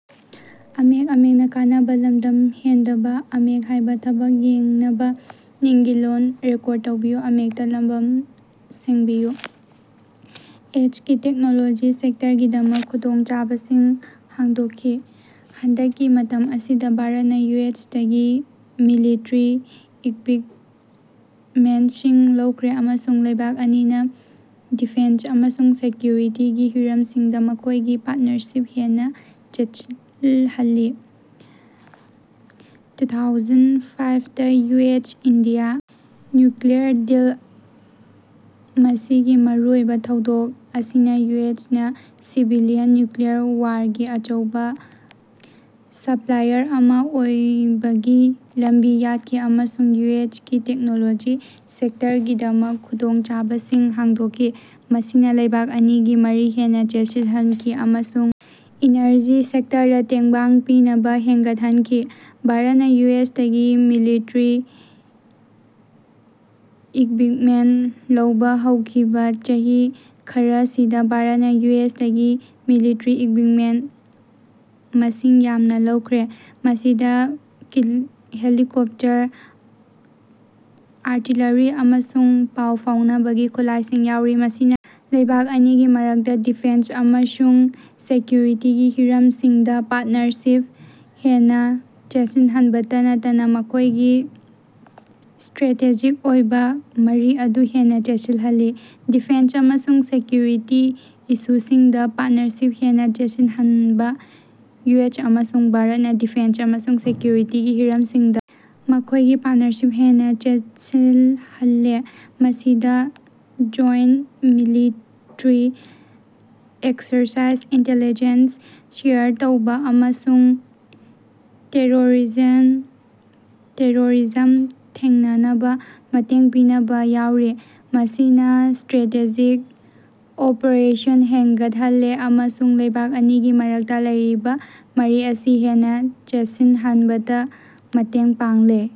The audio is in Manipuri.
ꯑꯦꯁ ꯀꯤ ꯇꯦꯛꯅꯣꯂꯣꯖꯤ ꯁꯦꯛꯇꯔꯒꯤꯗꯃꯛ ꯈꯨꯗꯣꯡꯆꯥꯕꯁꯤꯡ ꯍꯥꯡꯗꯣꯛꯈꯤ꯫ ꯍꯟꯗꯛꯀꯤ ꯃꯇꯝ ꯑꯁꯤꯗ ꯚꯥꯔꯠꯅ ꯌꯨ ꯑꯦꯁ ꯇꯒꯤ ꯃꯤꯂꯤꯇꯔꯤ ꯏꯛꯕꯤꯞꯃꯦꯟꯇꯁꯤꯡ ꯂꯧꯈ꯭ꯔꯦ ꯑꯃꯁꯨꯡ ꯂꯩꯕꯥꯛ ꯑꯅꯤꯅ ꯗꯤꯐꯦꯟꯁ ꯑꯃꯁꯨꯡ ꯁꯦꯀꯌꯨꯔꯤꯇꯤꯒꯤ ꯍꯤꯔꯝꯁꯤꯡꯗ ꯃꯈꯣꯏꯒꯤ ꯄꯥꯔꯠꯅꯔꯁꯤꯞ ꯍꯦꯟꯅ ꯆꯦꯠꯁꯤꯜꯍꯜꯂꯤ꯫ ꯇꯨꯊꯥꯎꯖꯟ ꯐꯥꯏꯞ ꯗ U S India nuclear deal ꯃꯁꯤꯒꯤ ꯃꯔꯨꯑꯣꯏꯕ ꯊꯧꯗꯣꯛ ꯑꯁꯤꯅ ꯌꯨ ꯑꯦꯁ ꯅ ꯁꯤꯚꯤꯂꯤꯌꯟ ꯅꯌꯨꯀꯂꯤꯌꯔ ꯄꯥꯋꯔꯒꯤ ꯑꯆꯧꯕ ꯁꯞꯂꯥꯏꯌꯔ ꯑꯃ ꯑꯣꯏꯕꯒꯤ ꯂꯝꯕꯤ ꯌꯥꯠꯈꯤ ꯑꯃꯁꯨꯡ ꯌꯨ ꯑꯦꯁ ꯀꯤ ꯇꯦꯛꯅꯣꯂꯣꯖꯤ ꯁꯦꯛꯇꯔꯒꯤꯗꯃꯛ ꯈꯨꯗꯣꯡꯆꯥꯕꯁꯤꯡ ꯍꯥꯡꯗꯣꯛꯈꯤ꯫ ꯃꯁꯤꯅ ꯂꯩꯕꯥꯛ ꯑꯅꯤꯒꯤ ꯃꯔꯤ ꯍꯦꯟꯅ ꯆꯦꯠꯁꯤꯜꯍꯟꯈꯤ ꯑꯃꯁꯨꯡ ꯏꯅꯔꯖꯤ ꯁꯦꯛꯇꯔꯗ ꯇꯦꯡꯕꯥꯡ ꯄꯤꯅꯕ ꯍꯦꯟꯒꯠꯍꯟꯈꯤ꯫ ꯚꯥꯔꯠꯠꯅ ꯌꯨ ꯑꯦꯁ ꯇꯒꯤ ꯃꯤꯂꯤꯇꯔꯤ ꯏꯛꯕꯤꯞꯃꯦꯟꯇ ꯂꯧꯕ ꯍꯧꯈꯤꯕ ꯆꯍꯤ ꯈꯔꯁꯤꯗ ꯚꯥꯔꯠꯅ ꯌꯨ ꯑꯦꯁ ꯇꯒꯤ ꯃꯤꯂꯤꯇꯔꯤ ꯏꯛꯕꯤꯞꯃꯦꯟ ꯃꯁꯤꯡ ꯌꯥꯝꯅ ꯂꯧꯈ꯭ꯔꯦ꯫ ꯃꯁꯤꯗ ꯍꯦꯂꯤꯀꯣꯞꯇꯔ ꯑꯥꯔꯇꯤꯂꯥꯔꯤ ꯑꯃꯁꯨꯡ ꯄꯥꯎ ꯐꯥꯎꯅꯕꯒꯤ ꯈꯨꯠꯂꯥꯏꯁꯤꯡ ꯌꯥꯎꯔꯤ꯫ ꯃꯁꯤꯅ ꯂꯩꯕꯥꯛ ꯑꯅꯤꯒꯤ ꯃꯔꯛꯇ ꯗꯤꯐꯦꯟꯁ ꯑꯃꯁꯨꯡ ꯁꯦꯀꯌꯨꯔꯤꯇꯤꯒꯤ ꯍꯤꯔꯝꯁꯤꯡꯗ ꯄꯥꯔꯠꯅꯔꯁꯤꯞ ꯍꯦꯟꯅ ꯆꯦꯠꯁꯤꯜꯍꯟꯕꯇ ꯅꯠꯇꯅ ꯃꯈꯣꯏꯒꯤ ꯁꯇꯔꯦꯇꯦꯖꯤꯛ ꯑꯣꯏꯕ ꯃꯔꯤ ꯑꯗꯨ ꯍꯦꯟꯅ ꯆꯦꯠꯁꯤꯜꯍꯜꯂꯦ꯫ ꯗꯤꯐꯦꯟꯁ ꯑꯃꯁꯨꯡ ꯁꯦꯀꯌꯨꯔꯤꯇꯤ ꯏꯁꯨꯁꯤꯡꯗ ꯄꯥꯔꯠꯅꯔꯁꯤꯞ ꯍꯦꯟꯅ ꯆꯦꯠꯁꯤꯜꯍꯟꯕ ꯌꯨ ꯑꯦꯁ ꯑꯃꯁꯨꯡ ꯚꯥꯔꯠꯅ ꯗꯤꯐꯦꯟꯁ ꯑꯃꯁꯨꯡ ꯁꯦꯀꯌꯨꯔꯤꯇꯤꯒꯤ ꯍꯤꯔꯝꯁꯤꯡꯗ ꯃꯈꯣꯏꯒꯤ ꯄꯥꯔꯠꯅꯔꯁꯤꯞ ꯍꯦꯟꯅ ꯆꯦꯠꯁꯤꯜꯍꯜꯂꯦ ꯃꯁꯤꯗ joint military exercise intelligence share ꯇꯧꯕ ꯑꯃꯁꯨꯡ ꯇꯦꯔꯣꯔꯤꯖꯝ ꯊꯦꯡꯅꯅꯕ ꯃꯇꯦꯡ ꯄꯤꯅꯕ ꯌꯥꯎꯔꯤ꯫ ꯃꯁꯤꯅ ꯁꯇꯔꯦꯇꯦꯖꯤꯛ ꯀꯣꯑꯣꯄꯔꯦꯁꯟ ꯍꯦꯡꯒꯠꯍꯜꯂꯦ ꯑꯃꯁꯨꯡ ꯂꯩꯕꯥꯛ ꯑꯅꯤꯒꯤ ꯃꯔꯛꯇ ꯂꯩꯔꯤꯕ ꯃꯔꯤ ꯑꯁꯤ ꯍꯦꯟꯅ ꯆꯦꯠꯁꯤꯟꯍꯟꯕꯗ ꯃꯇꯦꯡ ꯄꯥꯡꯂꯦ꯫